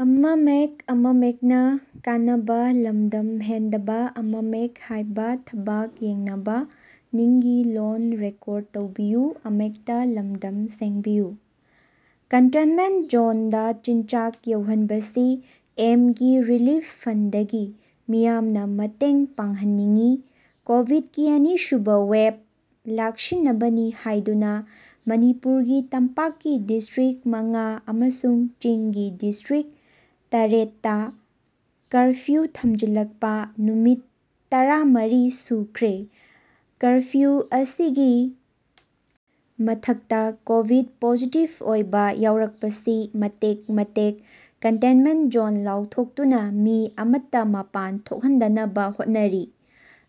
Contentment ꯖꯣꯟꯗ ꯆꯤꯟꯖꯥꯛ ꯌꯧꯍꯟꯕ ꯁꯤ ꯑꯦꯝꯒꯤ ꯔꯤꯂꯤꯐ ꯐꯟꯗꯒꯤ ꯃꯤꯌꯥꯝꯅ ꯃꯇꯦꯡ ꯄꯥꯡꯍꯟꯅꯤꯡꯏ ꯀꯣꯚꯤꯗꯀꯤ ꯑꯅꯤꯁꯨꯕ ꯋꯦꯚ ꯂꯥꯛꯁꯤꯟꯅꯕꯅꯤ ꯍꯥꯏꯗꯨꯅ ꯃꯅꯤꯄꯨꯔꯒꯤ ꯇꯝꯄꯥꯛꯀꯤ ꯗꯤꯁꯇ꯭ꯔꯤꯛꯠ ꯃꯉꯥ ꯑꯃꯁꯨꯡ ꯆꯤꯡꯒꯤ ꯗꯤꯁꯇ꯭ꯔꯤꯛꯠ ꯇꯥꯔꯦꯠ ꯇꯥ ꯀꯔꯐ꯭ꯌꯨ ꯊꯝꯖꯤꯜꯂꯛꯄ ꯅꯨꯃꯤꯠ ꯇꯔꯥ ꯃꯔꯤ ꯁꯨꯈ꯭ꯔꯦ꯫ ꯀꯔꯐ꯭ꯌꯨ ꯑꯁꯤꯒꯤ ꯃꯊꯛꯇ ꯀꯣꯚꯤꯗ ꯄꯣꯖꯤꯇꯤꯚ ꯑꯣꯏꯕ ꯌꯥꯎꯔꯛꯄꯁꯤ ꯃꯇꯦꯛ ꯃꯇꯦꯛ ꯀꯟꯇꯦꯟꯃꯦꯟꯠ ꯖꯣꯟ ꯂꯥꯎꯊꯣꯛꯇꯨꯅ ꯃꯤ ꯑꯃꯠꯇ ꯃꯄꯥꯟ ꯊꯣꯛꯍꯟꯗꯅꯕ ꯍꯣꯠꯅꯔꯤ꯫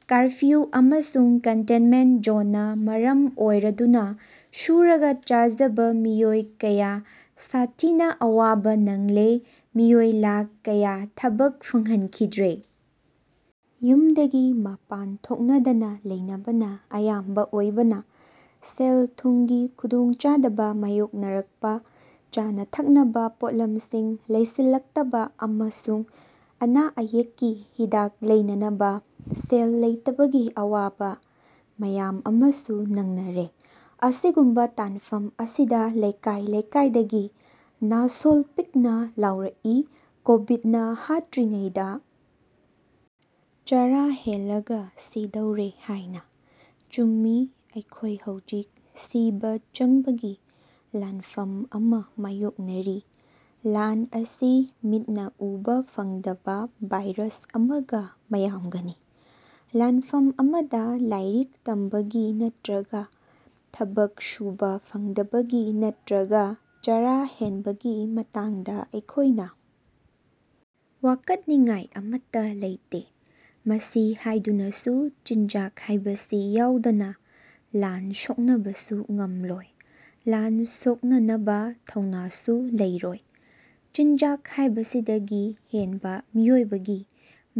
ꯀꯔꯐ꯭ꯌꯨ ꯑꯃꯁꯨꯡ ꯀꯟꯇꯦꯟꯃꯦꯟꯠ ꯖꯣꯟꯅ ꯃꯔꯝ ꯑꯣꯏꯔꯗꯨꯅ ꯁꯨꯔꯒ ꯆꯥꯖꯕ ꯃꯤꯑꯣꯏ ꯀꯌꯥ ꯁꯥꯊꯤꯅ ꯑꯋꯥꯕ ꯅꯡꯂꯦ, ꯃꯤꯑꯣꯏ ꯂꯥꯈ ꯀꯌꯥ ꯊꯕꯛ ꯐꯪꯍꯟꯈꯤꯗ꯭ꯔꯦ꯫ ꯌꯨꯝꯗꯒꯤ ꯃꯄꯥꯟ ꯊꯣꯛꯅꯗꯅ ꯂꯩꯅꯕꯅ ꯑꯌꯥꯝꯕ ꯑꯣꯏꯕꯅ ꯁꯦꯜ-ꯊꯨꯝꯒꯤ ꯈꯨꯗꯣꯡꯆꯥꯗꯕ ꯃꯥꯌꯣꯛꯅꯔꯛꯄ, ꯆꯥꯅ-ꯊꯛꯅꯕ ꯄꯣꯠꯂꯝꯁꯤꯡ ꯂꯩꯁꯤꯜꯂꯛꯇꯕ ꯑꯃꯁꯨꯡ ꯑꯅꯥ ꯑꯌꯦꯛꯀꯤ ꯍꯤꯗꯥꯛ ꯂꯩꯅꯅꯕ ꯁꯦꯜ ꯂꯩꯇꯕꯒꯤ ꯑꯋꯥꯕ ꯃꯌꯥꯝ ꯑꯃꯁꯨꯡ ꯅꯡꯅꯔꯦ꯫ ꯑꯁꯤꯒꯨꯝꯕ ꯇꯥꯟꯐꯝ ꯑꯁꯤꯗ ꯂꯩꯀꯥꯏ ꯂꯩꯀꯥꯏꯗꯒꯤ ꯅꯥꯁꯣꯜ ꯄꯤꯛꯅ ꯂꯥꯎꯔꯛꯏ, ꯀꯣꯚꯤꯗꯅ ꯍꯥꯠꯇ꯭ꯔꯤꯉꯩꯗ ꯆꯥꯔꯥ ꯍꯦꯜꯂꯒ ꯁꯤꯗꯧꯔꯦ ꯍꯥꯏꯅ, ꯆꯨꯝꯃꯤ ꯑꯩꯈꯣꯏ ꯍꯧꯖꯤꯛ ꯁꯤꯕ ꯆꯪꯕꯒꯤ ꯂꯥꯟꯐꯝ ꯑꯃ ꯃꯥꯌꯣꯛꯅꯔꯤ꯫ ꯂꯥꯟ ꯑꯁꯤ ꯃꯤꯠꯅ ꯎꯕ ꯐꯪꯗꯕ ꯚꯥꯏꯔꯁ ꯑꯃꯒ ꯃꯌꯥꯝꯒꯅꯤ, ꯂꯥꯟꯐꯝ ꯑꯃꯗ ꯂꯥꯏꯔꯤꯛ ꯇꯝꯕꯒꯤ ꯅꯠꯇ꯭ꯔꯒ ꯊꯕꯛ ꯁꯨꯕ ꯐꯪꯗꯕꯒꯤ ꯅꯠꯇ꯭ꯔꯒ ꯆꯥꯔꯥ ꯍꯦꯟꯕꯒꯤ ꯃꯇꯥꯡꯗ ꯑꯩꯈꯣꯏꯅ ꯋꯥꯀꯠꯅꯤꯉꯥꯏ ꯑꯃꯠꯇ ꯂꯩꯇꯦ꯫ ꯃꯁꯤ ꯍꯥꯏꯗꯨꯅꯁꯨ ꯆꯤꯟꯖꯥꯛ ꯍꯥꯏꯕꯁꯤ ꯌꯥꯎꯗꯅ ꯂꯥꯟ ꯁꯣꯛꯅꯕꯁꯨ ꯉꯝꯂꯣꯏ, ꯂꯥꯟ ꯁꯣꯛꯅꯅꯕ ꯊꯧꯅꯥꯁꯨ ꯂꯩꯔꯣꯏ꯫ ꯆꯤꯟꯖꯥꯛ ꯍꯥꯏꯕꯁꯤꯗꯒꯤ ꯍꯦꯟꯕ ꯃꯤꯑꯣꯏꯕꯒꯤ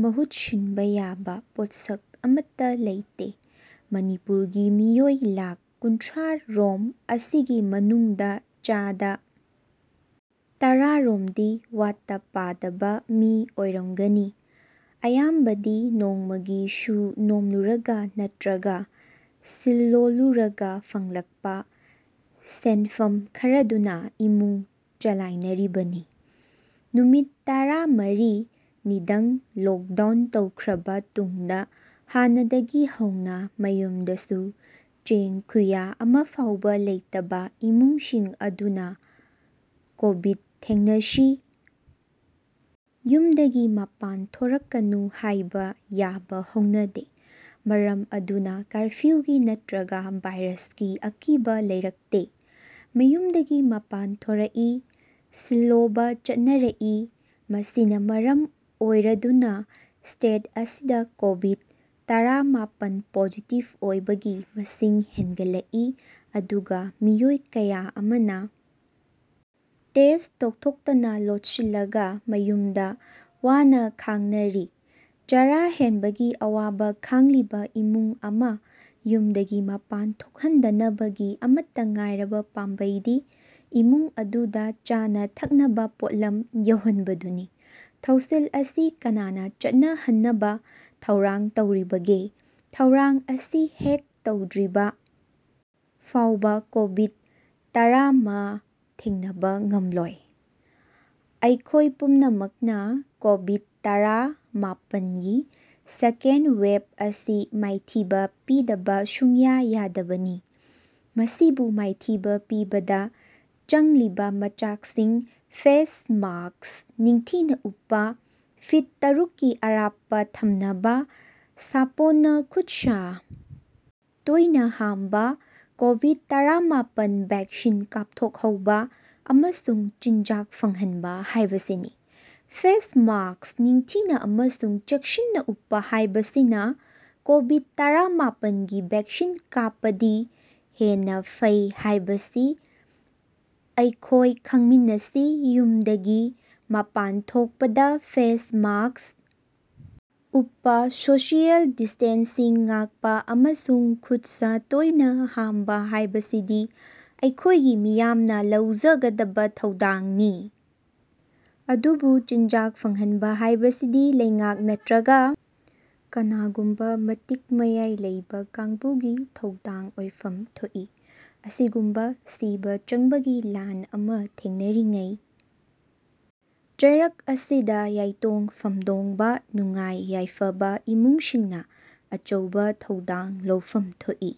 ꯃꯍꯨꯠ ꯁꯤꯟꯕ ꯌꯥꯕ ꯄꯣꯠꯁꯛ ꯑꯃꯠꯇ ꯂꯩꯇꯦ꯫ ꯃꯅꯤꯄꯨꯔꯒꯤ ꯃꯤꯑꯣꯏ ꯂꯥꯈ ꯀꯨꯟꯊꯔꯥ ꯔꯣꯝ ꯑꯁꯤꯒꯤ ꯃꯅꯨꯡꯗ ꯆꯥꯗ ꯇꯔꯥ ꯔꯣꯝꯗꯤ ꯋꯥꯠꯇ-ꯄꯥꯗꯕ ꯃꯤ ꯑꯣꯏꯔꯝꯒꯅꯤ꯫ ꯑꯌꯥꯝꯕꯗꯤ ꯅꯣꯡꯃꯒꯤ ꯁꯨ-ꯅꯣꯝꯂꯨꯔꯒ ꯅꯠꯇ꯭ꯔꯒ ꯁꯤꯜꯂꯣꯂꯨꯔꯒ ꯐꯪꯂꯛꯄ ꯁꯦꯟꯐꯝ ꯈꯔꯗꯨꯅ ꯏꯃꯨꯡ ꯆꯂꯥꯏꯅꯔꯤꯕꯅꯤ꯫ ꯅꯨꯃꯤꯠ ꯇꯔꯥ ꯃꯔꯤ ꯅꯤꯗꯪ ꯂꯣꯛꯗꯥꯎ ꯇꯧꯈ꯭ꯔꯕ ꯇꯨꯡꯗ ꯍꯥꯟꯅꯗꯒꯤ ꯍꯧꯅ ꯃꯌꯨꯝꯗꯁꯨ ꯆꯦꯡ ꯈꯨꯌꯥ ꯑꯃꯐꯥꯎꯕ ꯂꯩꯇꯕ ꯏꯃꯨꯡꯁꯤꯡ ꯑꯗꯨꯅ ꯀꯣꯚꯤꯗ ꯊꯦꯡꯅꯁꯤ, ꯌꯨꯝꯗꯒꯤ ꯃꯄꯥꯟ ꯊꯣꯔꯛꯀꯅꯨ ꯍꯥꯏꯕ ꯌꯥꯕ ꯍꯧꯅꯗꯦ꯫ ꯃꯔꯝ ꯑꯗꯨꯅ ꯀꯔꯐ꯭ꯌꯨꯒꯤ ꯅꯠꯇ꯭ꯔꯒ ꯚꯥꯏꯔꯁꯀꯤ ꯑꯀꯤꯕ ꯂꯩꯔꯛꯇꯦ꯫ ꯃꯌꯨꯝꯗꯒꯤ ꯃꯄꯥꯟ ꯊꯣꯔꯛꯏ, ꯁꯤꯜꯂꯣꯕ ꯆꯠꯅꯔꯛꯏ꯫ ꯃꯁꯤꯅ ꯃꯔꯝ ꯑꯣꯏꯔꯗꯨꯅ ꯁ꯭ꯇꯦꯠ ꯑꯁꯤꯗ ꯀꯣꯚꯤꯗ-ꯇꯔꯥ ꯃꯥꯄꯟ ꯄꯣꯖꯤꯇꯤꯚ ꯑꯣꯏꯕꯒꯤ ꯃꯁꯤꯡ ꯍꯦꯟꯒꯠꯂꯛꯏ, ꯑꯗꯨꯒ ꯃꯤꯑꯣꯏ ꯀꯌꯥ ꯑꯃꯅ ꯇꯦꯁꯠ ꯇꯧꯊꯣꯛꯇꯅ ꯂꯣꯠꯁꯤꯜꯂꯒ ꯃꯌꯨꯝꯗ ꯋꯅꯥ ꯈꯥꯡꯅꯔꯤ꯫ ꯆꯥꯔꯥ ꯍꯦꯟꯕꯒꯤ ꯑꯋꯥꯕ ꯈꯥꯡꯂꯤꯕ ꯏꯃꯨꯡ ꯑꯃ ꯌꯨꯝꯗꯒꯤ ꯃꯄꯥꯟ ꯊꯣꯛꯍꯟꯗꯅꯕꯒꯤ ꯑꯃꯠꯇ ꯉꯥꯏꯔꯕ ꯄꯥꯝꯕꯩꯗꯤ ꯏꯃꯨꯡ ꯑꯗꯨꯗ ꯆꯥꯅ-ꯊꯛꯅꯕ ꯄꯣꯠꯂꯝ ꯌꯧꯍꯟꯕꯗꯨꯅꯤ꯫ ꯊꯧꯁꯤꯜ ꯑꯁꯤ ꯀꯅꯥꯅꯥ ꯆꯠꯅꯍꯟꯅꯕ ꯊꯧꯔꯥꯡ ꯇꯧꯔꯤꯕꯒꯦ, ꯊꯧꯔꯥꯡ ꯑꯁꯤ ꯍꯦꯛ ꯇꯧꯗ꯭ꯔꯤꯕ ꯐꯥꯎꯕ ꯀꯣꯚꯤꯗ-ꯇꯔꯥ ꯃꯥ ꯊꯦꯡꯅꯕ ꯉꯝꯂꯣꯏ꯫ ꯑꯩꯈꯣꯏ ꯄꯨꯝꯅꯃꯛꯅ ꯀꯣꯚꯤꯗ ꯇꯔꯥ ꯃꯥꯄꯟꯒꯤ ꯁꯦꯀꯦꯟꯗ ꯋꯦꯚ ꯑꯁꯤ ꯃꯥꯏꯊꯤꯕ ꯄꯤꯗꯕ ꯁꯨꯡꯌꯥ ꯌꯥꯗꯕꯅꯤ꯫ ꯃꯁꯤꯕꯨ ꯃꯥꯏꯊꯤꯕ ꯄꯤꯕꯗ ꯆꯪꯂꯤꯕ ꯃꯆꯥꯛꯁꯤꯡ ꯐꯦꯁ ꯃꯥꯁꯛ ꯅꯤꯡꯊꯤꯅ ꯎꯞꯄ, ꯐꯤꯠ ꯇꯔꯨꯛ ꯀꯤ ꯑꯔꯥꯞꯄ ꯊꯝꯅꯕ, ꯁꯥꯄꯣꯟꯅ ꯈꯨꯠ-ꯁꯥ ꯇꯣꯏꯅ ꯍꯥꯝꯕ, ꯀꯣꯚꯤꯗ-ꯇꯔꯥ ꯃꯥꯄꯟ ꯚꯦꯛꯁꯤꯟ ꯀꯥꯞꯊꯣꯛꯍꯧꯕ ꯑꯃꯁꯨꯡ ꯆꯤꯟꯖꯥꯛ ꯐꯪꯍꯟꯕ ꯍꯥꯏꯕꯁꯤꯅꯤ꯫ ꯐꯦꯁ ꯃꯥꯁꯛ ꯅꯤꯡꯊꯤꯅ ꯑꯃꯁꯨꯡ ꯆꯦꯛꯁꯤꯟꯅ ꯎꯞꯄ ꯍꯥꯏꯕꯁꯤꯅ ꯀꯣꯚꯤꯗ ꯇꯔꯥ ꯃꯥꯄꯟ ꯒꯤ ꯚꯦꯛꯁꯤꯟ ꯀꯥꯞꯄꯗꯤ ꯍꯦꯟꯅ ꯐꯩ ꯍꯥꯏꯕꯁꯤ ꯑꯩꯈꯣꯏ ꯈꯪꯃꯤꯟꯅꯁꯤ꯫ ꯌꯨꯝꯗꯒꯤ ꯃꯄꯥꯟ ꯊꯣꯛꯄꯗ ꯐꯦꯁ ꯃꯥꯁꯛ ꯎꯞꯄ, ꯁꯣꯁꯤꯌꯦꯜ ꯗꯤꯁ꯭ꯇꯦꯟꯁꯤꯡ ꯉꯥꯛꯄ ꯑꯃꯁꯨꯡ ꯈꯨꯠ-ꯁꯥ ꯇꯣꯏꯅ ꯍꯥꯝꯕ ꯍꯥꯏꯕꯁꯤꯗꯤ ꯑꯩꯈꯣꯏꯒꯤ ꯃꯤꯌꯥꯝꯅ ꯂꯧꯖꯒꯗꯕ ꯊꯧꯗꯥꯡꯅꯤ ꯑꯗꯨꯕꯨ ꯆꯤꯟꯖꯥꯛ ꯐꯪꯍꯟꯕ ꯍꯥꯏꯕꯁꯤꯗꯤ ꯂꯩꯉꯥꯛ ꯅꯠꯇ꯭ꯔꯒ ꯀꯅꯥꯒꯨꯝꯕ ꯃꯇꯤꯛ ꯃꯌꯥꯏ ꯂꯩꯕ ꯀꯥꯡꯕꯨꯒꯤ ꯊꯧꯗꯥꯡ ꯑꯣꯏꯐꯝ ꯊꯣꯛꯏ꯫ ꯑꯁꯤꯒꯨꯝꯕ ꯁꯤꯕ ꯆꯪꯕꯒꯤ ꯂꯥꯟ ꯑꯃ ꯊꯦꯡꯅꯔꯤꯉꯩ ꯆꯩꯔꯛ ꯑꯁꯤꯗ ꯌꯥꯏꯇꯣꯡ ꯐꯝꯗꯣꯡꯕ, ꯅꯨꯡꯉꯥꯏ ꯌꯥꯏꯐꯕ ꯏꯃꯨꯡꯁꯤꯡꯅ ꯑꯆꯧꯕ ꯊꯧꯗꯥꯡ ꯂꯧꯐꯝ ꯊꯣꯛꯏ꯫